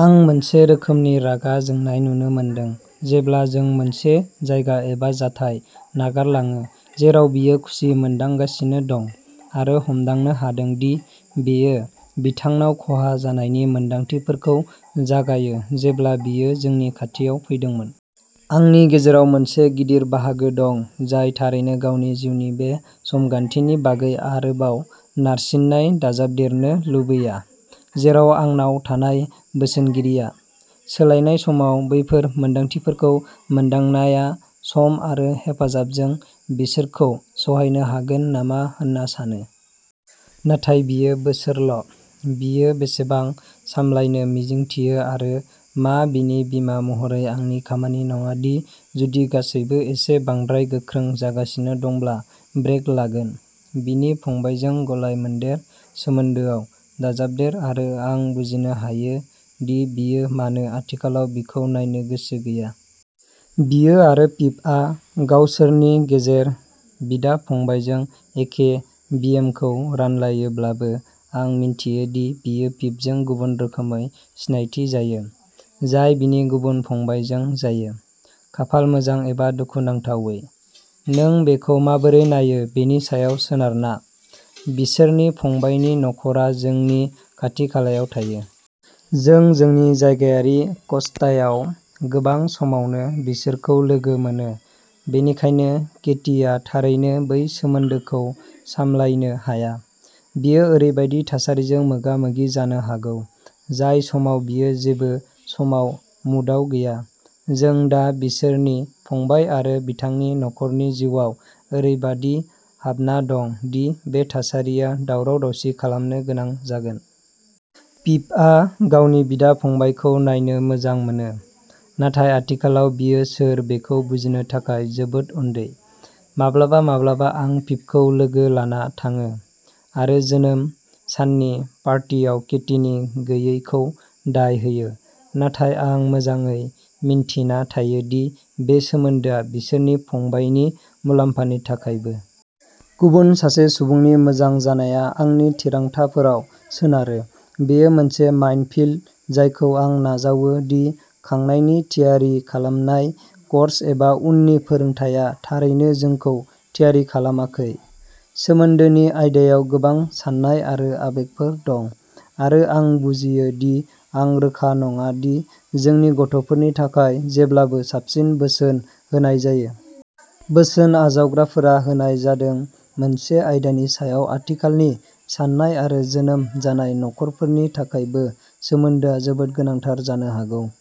आं मोनसे रोखोमनि रागा जोंनाय नुनो मोनदों जेब्ला जों मोनसे जायगा एबा जाथाय नागारलाङो जेराव बियो खुसि मोनदांगासिनो दं आरो हमदांनो हादों दि बेयो बिथांनाव खहा जानायनि मोनदांथिफोरखौ जागायो जेब्ला बियो जोंनि खाथियाव फैदोंमोन। आंनि गेजेराव मोनसे गिदिर बाहागो दं जाय थारैनो गावनि जिउनि बे समगान्थिनि बागै आरोबाव नारसिननाय दाजाबदेरनो लुबैया, जेराव आंनाव थानाय बोसोनगिरिया। सोलायनाय समाव बैफोर मोन्दांथिफोरखौ मोनदांनाया सम आरो हेफाजाबजों बिसोरखौ सहायनो हागोन नामा होन्ना सानो। नाथाय बियो बोसोरल'। बियो बेसेबां सामलायनो मिजिंथियो आरो मा बिनि बिमा महरै आंनि खामानि नङा दि जुदि गासैबो एसे बांद्राय गोख्रों जागासिनो दंब्ला ब्रेक लागोन? बिनि फंबायजों गलाय-मोनदेर सोमोन्दोआव दाजाबदेर आरो आं बुजिनो हायो दि बियो मानो आथिखालाव बिखौ नायनो गोसो गैया। बियो आरो पिपआ गावसोरनि गेजेर बिदा-फंबायजों एखे बिएमखौ रानलायोब्लाबो आं मिन्थियो दि बियो पिपजों गुबुन रोखोमै सिनायथि जायो, जाय बिनि गुबुन फंबायजों जायो। खाफाल मोजां एबा दुखुनांथावै, नों बेखौ माबोरै नायो बेनि सायाव सोनारना, बिसोरनि फंबायनि नख'रा जोंनि खाथि-खालायाव थायो। जों जोंनि जायगायारि क'स्टायाव गोबां समावनो बिसोरखौ लोगो मोनो, बेनिखायनो केटीआ थारैनो बै सोमोन्दोखौ सामलायनो हाया। बियो ओरैबायदि थासारिजों मोगा-मोगि जानो हागौ, जाय समाव बियो जेबो समाव मुडआव गैया। जों दा बिसोरनि फंबाय आरो बिथांनि नखरनि जिउआव ओरैबादि हाबना दं दि बे थासारिया दावराव-दावसि खालामनो गोनां जागोन। पिपआ गावनि बिदा-फंबायखौ नायनो मोजां मोनो, नाथाय आथिखालाव बियो सोर बेखौ बुजिनो थाखाय जोबोद उन्दै। माब्लाबा-माब्लाबा आं पिपखौ लोगो लाना थाङो आरो जोनोम साननि पार्टियाव केटीनि गैयैखौ दाय होयो, नाथाय आं मोजाङै मिन्थिना थायो दि बे सोमोन्दोआ बिसोरनि फंबायनि मुलाम्फानि थाखायबो। गुबुन सासे सुबुंनि मोजां जानाया आंनि थिरांथाफोराव सोनारो। बेयो मोनसे माइनफील्ड जायखौ आं नाजावो दि खांनायनि थियारि खालामनाय कर्स एबा उननि फोरोंथाया थारैनो जोंखौ थियारि खालामाखै। सोमोन्दोनि आयदायाव गोबां साननाय आरो आबेगफोर दं आरो आं बुजियो दि आं रोखा नङा दि जोंनि गथ'फोरनि थाखाय जेब्लाबो साबसिन बोसोन होनाय जायो। बोसोन आजावग्राफोरा होनाय जादों मोनसे आयदानि सायाव आथिखालनि साननाय आरो जोनोम जानाय नखरफोरनि थाखायबो सोमोन्दोआ जोबोद गोनांथार जानो हागौ।